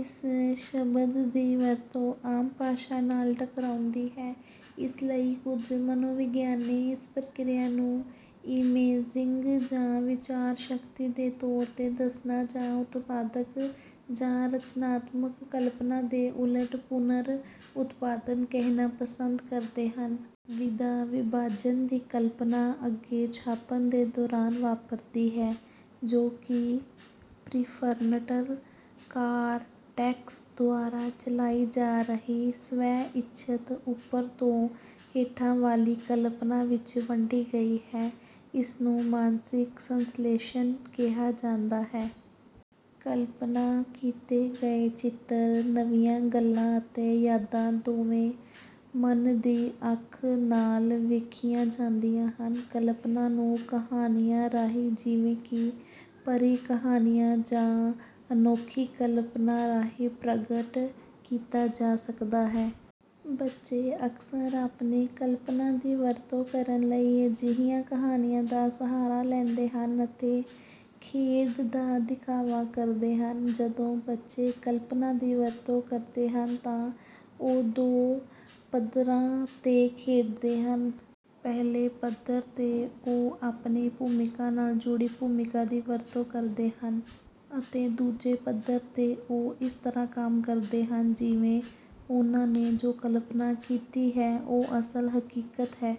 ਇਸ ਸ਼ਬਦ ਦੀ ਵਰਤੋਂ ਆਮ ਭਾਸ਼ਾ ਨਾਲ ਟਕਰਾਉਂਦੀ ਹੈ। ਇਸ ਲਈ ਕੁਝ ਮਨੋਵਿਗਿਆਨੀ ਇਸ ਪ੍ਰਕਿਰਿਆ ਨੂੰ "ਇਮੇਜਿੰਗ" ਜਾਂ "ਵਿਚਾਰ ਸ਼ਕਤੀ" ਦੇ ਤੌਰ 'ਤੇ ਦੱਸਣਾ ਜਾਂ "ਉਤਪਾਦਕ" ਜਾਂ "ਰਚਨਾਤਮਕ" ਕਲਪਨਾ ਦੇ ਉਲਟ "ਪੁਨਰ-ਉਤਪਾਦਨ" ਕਹਿਣਾ ਪਸੰਦ ਕਰਦੇ ਹਨ। ਵਿਧਾ-ਵਿਭਾਜਨ ਦੀ ਕਲਪਨਾ ਅੱਗੇ ਛਾਪਣ ਦੇ ਦੌਰਾਨ ਵਾਪਰਦੀ ਹੈ, ਜੋ ਕਿ ਪ੍ਰੀਫਰੰਟਲ ਕਾਰਟੈਕਸ ਦੁਆਰਾ ਚਲਾਈ ਜਾ ਰਹੀ ਸਵੈ-ਇੱਛਤ ਉੱਪਰ ਤੋਂ ਹੇਠਾਂ ਵਾਲੀ ਕਲਪਨਾ ਵਿੱਚ ਵੰਡੀ ਗਈ ਹੈ। ਇਸ ਨੂੰ ਮਾਨਸਿਕ ਸੰਸ਼ਲੇਸ਼ਣ ਕਿਹਾ ਜਾਂਦਾ ਹੈ। ਕਲਪਨਾ ਕੀਤੇ ਗਏ ਚਿੱਤਰ, ਨਵੀਆਂ ਗੱਲਾਂ ਅਤੇ ਯਾਦਾਂ ਦੋਵੇਂ "ਮਨ ਦੀ ਅੱਖ" ਨਾਲ ਵੇਖੀਆਂ ਜਾਂਦੀਆਂ ਹਨ। ਕਲਪਨਾ ਨੂੰ ਕਹਾਣੀਆਂ ਰਾਹੀਂ ਜਿਵੇਂ ਕਿ ਪਰੀ ਕਹਾਣੀਆਂ ਜਾਂ ਅਨੋਖੀ ਕਲਪਨਾ ਰਾਹੀਂ ਪ੍ਰਗਟ ਕੀਤਾ ਜਾ ਸਕਦਾ ਹੈ। ਬੱਚੇ ਅਕਸਰ ਆਪਣੀ ਕਲਪਨਾ ਦੀ ਵਰਤੋਂ ਕਰਨ ਲਈ ਅਜਿਹੀਆਂ ਕਹਾਣੀਆਂ ਦਾ ਸਹਾਰਾ ਲੈਂਦੇ ਹਨ ਅਤੇ ਖੇਡ ਦਾ ਦਿਖਾਵਾ ਕਰਦੇ ਹਨ। ਜਦੋਂ ਬੱਚੇ ਕਲਪਨਾ ਦੀ ਵਰਤੋਂ ਕਰਦੇ ਹਨ ਤਾਂ ਉਹ ਦੋ ਪੱਧਰਾਂ 'ਤੇ ਖੇਡਦੇ ਹਨ। ਪਹਿਲੇ ਪੱਧਰ 'ਤੇ ਉਹ ਆਪਣੀ ਭੂਮਿਕਾ ਨਾਲ ਜੁੜੀ ਭੂਮਿਕਾ ਦੀ ਵਰਤੋਂ ਕਰਦੇ ਹਨ ਅਤੇ ਦੂਜੇ ਪੱਧਰ 'ਤੇ ਉਹ ਇਸ ਤਰ੍ਹਾਂ ਕੰਮ ਕਰਦੇ ਹਨ ਜਿਵੇਂ ਉਨ੍ਹਾਂ ਨੇ ਜੋ ਕਲਪਨਾ ਕੀਤੀ ਹੈ ਉਹ ਅਸਲ, ਹਕੀਕਤ ਹੈ।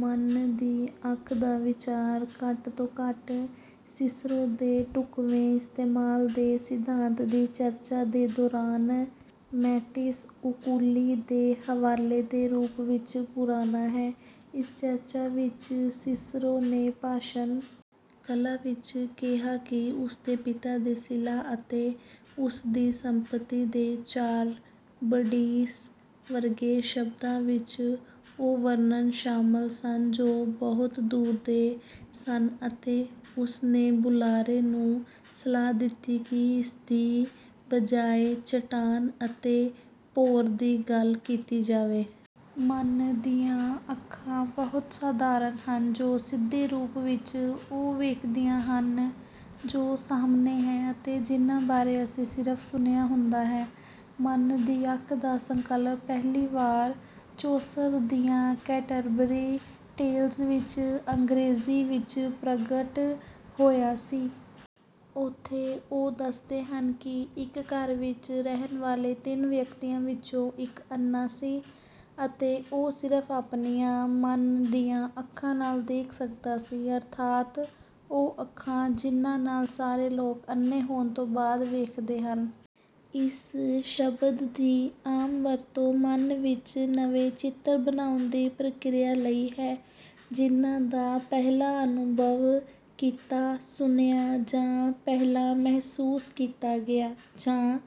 "ਮਨ ਦੀ ਅੱਖ" ਦਾ ਵਿਚਾਰ ਘੱਟ ਤੋਂ ਘੱਟ ਸਿਸਰੋ ਦੇ ਢੁਕਵੇਂ ਇਸਤੇਮਾਲ ਦੇ ਸਿਧਾਂਤ ਦੀ ਚਰਚਾ ਦੇ ਦੌਰਾਨ ਮੈਂਟਿਸ ਓਕੂਲੀ ਦੇ ਹਵਾਲੇ ਦੇ ਰੂਪ ਵਿੱਚ ਪੁਰਾਣਾ ਹੈ। ਇਸ ਚਰਚਾ ਵਿੱਚ ਸਿਸਰੋ ਨੇ ਭਾਸ਼ਣ ਕਲਾ ਵਿੱਚ ਕਿਹਾ ਕਿ "ਉਸ ਦੇ ਪਿਤਾ ਦੇ ਸਿਲਾ" ਅਤੇ "ਉਸ ਦੀ ਸੰਪਤੀ ਦੇ ਚਾਰਬਡੀਸ" ਵਰਗੇ ਸ਼ਬਦਾਂ ਵਿੱਚ ਉਹ ਵਰਣਨ ਸ਼ਾਮਲ ਸਨ ਜੋ "ਬਹੁਤ ਦੂਰ ਦੇ" ਸਨ ਅਤੇ ਉਸ ਨੇ ਬੁਲਾਰੇ ਨੂੰ ਸਲਾਹ ਦਿੱਤੀ ਕਿ ਇਸ ਦੀ ਬਜਾਏ "ਚੱਟਾਨ" ਅਤੇ "ਭੌਰ" ਦੀ ਗੱਲ ਕੀਤੀ ਜਾਵੇ। ਮਨ ਦੀਆਂ ਅੱਖਾਂ ਬਹੁਤ ਸਾਧਾਰਨ ਹਨ ਜੋ ਸਿੱਧੇ ਰੂਪ ਵਿੱਚ ਉਹ ਵੇਖਦੀਆਂ ਹਨ ਜੋ ਸਾਹਮਣੇ ਹੈ ਅਤੇ ਜਿਨ੍ਹਾਂ ਬਾਰੇ ਅਸੀਂ ਸਿਰਫ ਸੁਣਿਆ ਹੁੰਦਾ ਹੈ। "ਮਨ ਦੀ ਅੱਖ" ਦਾ ਸੰਕਲਪ ਪਹਿਲੀ ਵਾਰ ਚੌਸਰ ਦੀਆਂ ਕੈਂਟਰਬਰੀ ਟੇਲਜ਼ ਵਿੱਚ ਅੰਗਰੇਜ਼ੀ ਵਿੱਚ ਪ੍ਰਗਟ ਹੋਇਆ ਸੀ। ਉੱਥੇ ਉਹ ਦੱਸਦੇ ਹਨ ਕਿ ਇੱਕ ਘਰ ਵਿੱਚ ਰਹਿਣ ਵਾਲੇ ਤਿੰਨ ਵਿਅਕਤੀਆਂ ਵਿੱਚੋਂ ਇੱਕ ਅੰਨ੍ਹਾ ਸੀ ਅਤੇ ਉਹ ਸਿਰਫ "ਆਪਣੀਆਂ ਮਨ ਦੀਆਂ ਅੱਖਾਂ" ਨਾਲ ਦੇਖ ਸਕਦਾ ਸੀ। ਅਰਥਾਤ ਉਹ ਅੱਖਾਂ "ਜਿਨ੍ਹਾਂ ਨਾਲ ਸਾਰੇ ਲੋਕ ਅੰਨ੍ਹੇ ਹੋਣ ਤੋਂ ਬਾਅਦ ਵੇਖਦੇ ਹਨ"। ਇਸ ਸ਼ਬਦ ਦੀ ਆਮ ਵਰਤੋਂ ਮਨ ਵਿੱਚ ਨਵੇਂ ਚਿੱਤਰ ਬਣਾਉਣ ਦੀ ਪ੍ਰਕਿਰਿਆ ਲਈ ਹੈ ਜਿਨ੍ਹਾਂ ਦਾ ਪਹਿਲਾਂ ਅਨੁਭਵ ਕੀਤਾ, ਸੁਣਿਆ, ਜਾਂ ਪਹਿਲਾਂ ਮਹਿਸੂਸ ਕੀਤਾ ਗਿਆ, ਜਾਂ